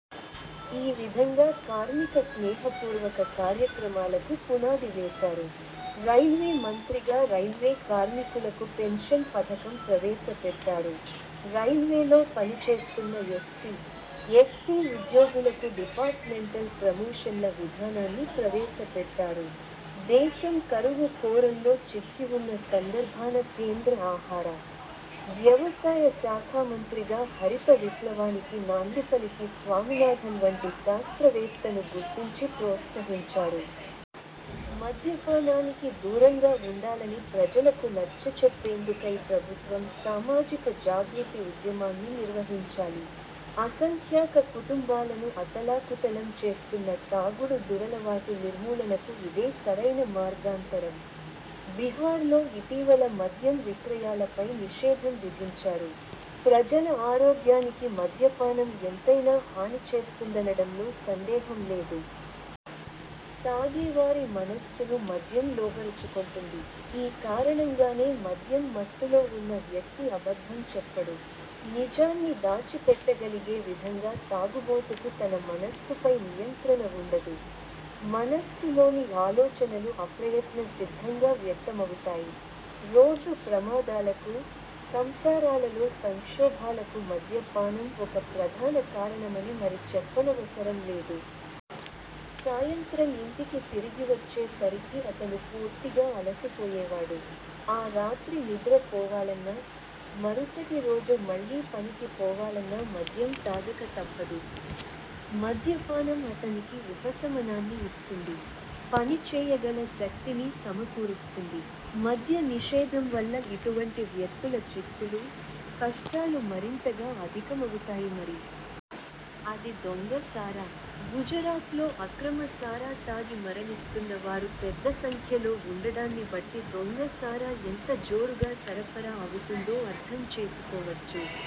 ఈ విధంగా కార్మిక స్నేహపూర్వక కార్యక్రమాలకు పునాది వేశారు. రైల్వే మంత్రిగా రైల్వే కార్మికులకు పెన్షన్ పథకం ప్రవేశపెట్టారు. రైల్వేలో పనిచేస్తున్న ఎస్సీ, ఎస్టీ ఉద్యోగులకు డిపార్ట్మెంటల్ ప్రమోషన్ల విధానాన్ని ప్రవేశపెట్టారు. దేశం కరువు కోరల్లో చిక్కివున్న సందర్భాన కేంద్ర ఆహార, వ్యవసాయ శాఖామంత్రిగా హరిత విప్లవానికి నాందిపలికి స్వామినాథన్ వంటి శాస్త్రవేత్తను గుర్తించి ప్రోత్సహించారు. మద్యపానానికి దూరంగా వుండాలని ప్రజలకు నచ్చచెప్పేందుకై ప్రభుత్వం సామాజిక జాగృతి ఉద్యమాన్ని నిర్వహించాలి. అసంఖ్యాక కుటుంబాలను అతలాకుతలం చేస్తున్న తాగుడు దురలవాటు నిర్మూలనకు ఇదే సరైన మార్గాంతరం. బిహార్లో ఇటీవల మద్యం విక్రయాలపై నిషేధం విధించారు. ప్రజల ఆరోగ్యానికి మద్యపానం ఎంతైనా హానిచేస్తుందనడంలో సందేహం లేదు. తాగేవారి మనస్సును మద్యం లోబరుచుకొంటుంది. ఈ కారణంగానే మద్యం మత్తులో వున్న వ్యక్తి అబద్ధం చెప్పడు. నిజాన్ని దాచిపెట్టగలిగే విధంగా తాగుబోతుకు తన మనస్సుపై నియంత్రణ వుండదు. మనస్సులోని ఆలోచనలు అప్రయత్న సిద్ధంగా వ్యక్తమవుతాయి. రోడ్డు ప్రమాదాలకు, సంసారాలలో సంక్షోభాలకు మద్య పానం ఒక ప్రధాన కారణమని మరి చెప్పనవసరం లేదు. సాయంత్రం ఇంటికి తిరిగివచ్చే సరికి అతను పూర్తిగా అలసిపోయేవాడు. ఆ రాత్రి నిద్ర పోవాలన్నా, మరుసటి రోజు మళ్ళీ పనికి పోవాలన్నా మద్యం తాగక తప్పదు. మద్యపానం అతనికి ఉపశమనాన్ని ఇస్తుంది. పనిచేయగల శక్తినీ సమకూరుస్తుంది. మద్య నిషేధం వల్ల ఇటువంటి వ్యక్తుల చిక్కులు, కష్టాలు మరింతగా అధికమవుతాయి మరి. అది దొంగ సారా. గుజరాత్లో అక్రమ సారా తాగి మరణిస్తున్న వారు పెద్ద సంఖ్యలో వుండడాన్ని బట్టి దొంగ సారా ఎంత జోరుగా సరఫరా అవుతుందో అర్థం చేసుకోవచ్చు.